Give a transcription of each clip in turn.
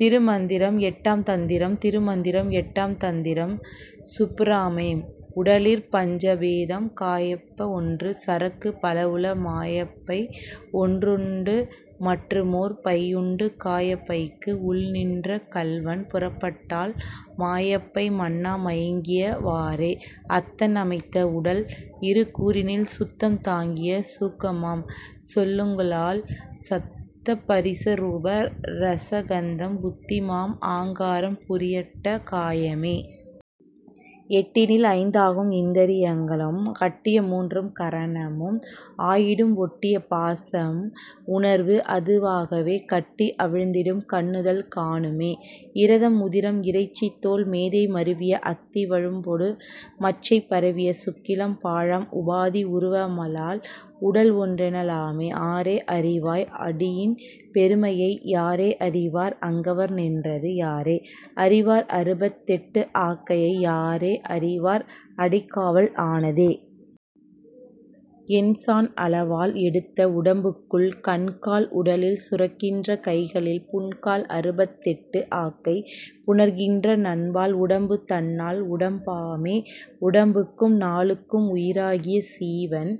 திருமந்திரம் எட்டாம் தந்திரம் திருமந்திரம் எட்டாம் தந்திரம் சுப்பிராமேம். உடலிற் பஞ்சபேதம் காயப்பை ஒன்று சரக்குப் பலவுள மாயப்பை ஒன்றுண்டு மற்றுமோர் பையுண்டு காயப்பைக்கு உள்நின்ற கள்வன் புறப்பட்டால் மாயப்பை மண்ணா மயங்கிய வாறே. அத்தன் அமைத்த உடல்இரு கூறினில் சுத்தம தாகிய சூக்குமம் சொல்லுங்கால் சத்த பரிச ரூப ரசகந்தம் புத்திமான் ஆங்காரம் புரியட்ட காயமே. எட்டினில் ஐந்தாகும் இந்திரி யங்களும் கட்டிய மூன்று கரணமும் ஆயிடும் ஒட்டிய பாசம் உணர்வுஅது வாகவே கட்டி அவிழ்ந்திடும் கண்ணுதல் காணுமே. இரதம் உதிரம் இறைச்சிதோல் மேதை மருவிய அத்தி வழும்பொடு மச்சை பரவிய சுக்கிலம் பாழாம் உபாதி உருவ மலால்உடல் ஒன்றென லாமே. ஆரே அறிவார் அடியின் பெருமையை யாரே அறிவார் அங்கவர் நின்றது யாரே அறிவார் அறுபத்தெட்டு ஆக்கையை யாரே அறிவார் அடிக்காவல் ஆனதே. எண்சாண் அளவால் எடுத்த உடம்புக்குள் கண்கால் உடலில் சுரக்கின்ற கைகளில் புண்கால் அறுபத்தெட்டு ஆக்கை புணர்கின்ற நண்பால் உடம்பு தன் னால் உடம் பாமே. உடம்புக்கும் நாலுக்கும் உயிராகிய சீவன்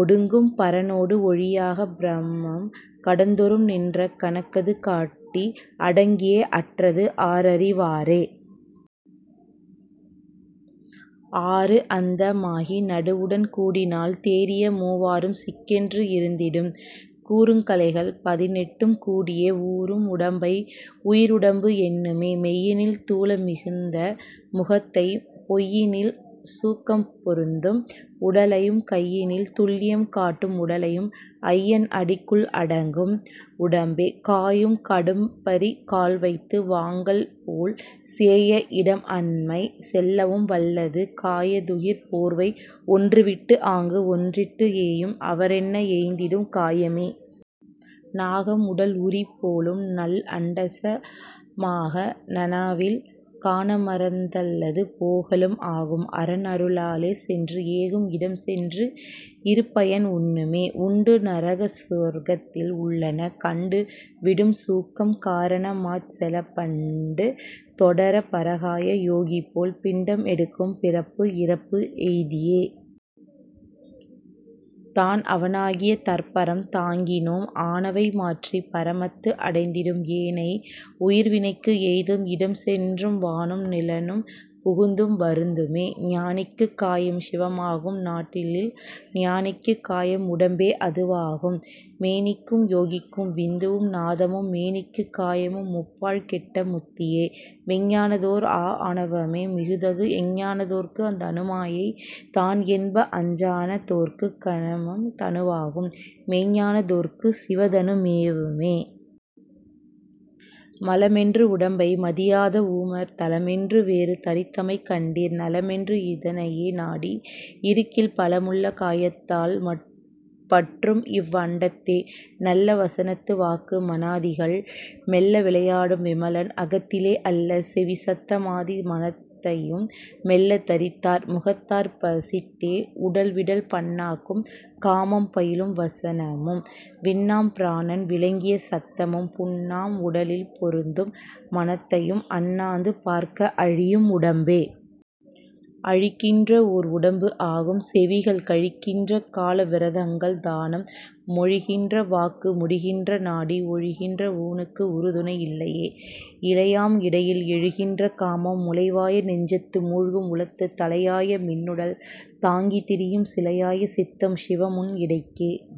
ஒடுங்கும் பரனோடு ஒழியாகப் பிரமம் கடந்தொறும் நின்ற கணக்கது காட்டி அடங்கியே அற்றது ஆரறி வாறே. ஆறுஅந்த மாகி நடுவுடன் கூடினால் தேறிய மூவாறும் சிக்கென்று இருந்திடும் கூறுங் கலைகள் பதினெட்டும் கூடியே ஊறும் உடம்பை உயிருடம்பு எண்ணுமே. மெய்யினில் தூல மிகுந்த முகத்தையும் பொய்யினில் சூக்கம் பொருந்தும் உடலையும் கையினில் துல்லியம் காட்டும் உடலையும் ஐயன் அடிக்குள் அடங்கும் உடம்பே. காயும் கடும்பரி கால்வைத்து வாங்கல் போல் சேய இடம்அண்மை செல்லவும் வல்லது காயத் துகிர் போர்வை ஒன்றுவிட்டு ஆங்குஒன்றிட்டு ஏயும் அவரென்ன ஏய்ந்திடும் காயமே. நாகம் உடல்உரி போலும்நல் அண்டச மாக நனாவில் கானாமறந் தல்லது போகலும் ஆகும் அரன்அரு ளாலே சென்று ஏகும் இடம்சென்று இருபயன் உண்ணுமே. உண்டு நரக சுவர்கத்தில் உள்ளன கண்டு விடும்சூக்கம் காரண மாச்செலப் பண்டு தொடரப் பரகாய யோகிபோல் பிண்டம் எடுக்கும் பிறப்பு இறப்பு எய்தியே. தான்அவ னாகிய தற்பரம் தாங்கினோன் ஆனவை மாற்றிப் பரமத்து அடைந்திடும் ஏனை உயிர்வினைக்கு எய்தும் இடம்சென்றும் வானும் நிலனும் புகுந்தும் வருந்துமே. ஞானிக்குக் காயம் சிவமாகும் நாட்டிடில் ஞானிக்குக் காயம் உடம்பே அதுவாகும் மேனிக்கும் யோகிக்கும் விந்துவும் நாதமும் மோனிக்குக் காயம்முப் பாழ்கெட்ட முத்தியே. விஞ்ஞானத் தோர்க்குஆ ணவமே மிகுதனு எஞ்ஞானத் தோர்க்குத் தனுமாயை தான்என்ப அஞ்ஞானத் தோர்க்குக் கன்மம் தனுவாகும் மெஞ்ஞானத் தோர்க்குச் சிவதனு மேவுமே. மலமென்று உடம்பை மதியாத ஊமர் தலமென்று வேறு தரித்தமை கண்டீர் நலமென்று இதனையே நாடி இருக்கில் பலமுள்ள காயத்தில் பற்றும்இவ் அண்டத்தே. நல்ல வசனத்து வாக்கு மனாதிகள் மெல்ல விளையாடும் விமலன் அகத்திலே அல்ல செவிசத்த மாதி மனத்தையும் மெல்ல தரித்தார் முகத்தார் பசித்தே., உடல்விடல் பண்ணாக்கும் காமம் பயிலும் வசனமும் விண்ணாம் பிராணன் விளங்கிய சத்தமும் புண்ணாம் உடலில் பொருந்தும் மனத்தையும் அண்ணாந்து பார்க்க அழியும் உடம்பே. அழிகின்ற ஓர் உடம்பு ஆகும் செவிகள் கழிகின்ற காலவ் விரதங்கள் தானம் மொழிகின்ற வாக்கு முடிகின்ற நாடி ஒழிகின்ற ஊனுக்கு உறுதுணை இல்லையே. இலையாம் இடையில் எழுகின்ற காமம் முலைவாய நெஞ்சத்து மூழ்கும் உளத்துத் தலையாய மின்னுடல் தாங்கித் திரியும் சிலையாய சித்தம் சிவமுன் இடைக்கே..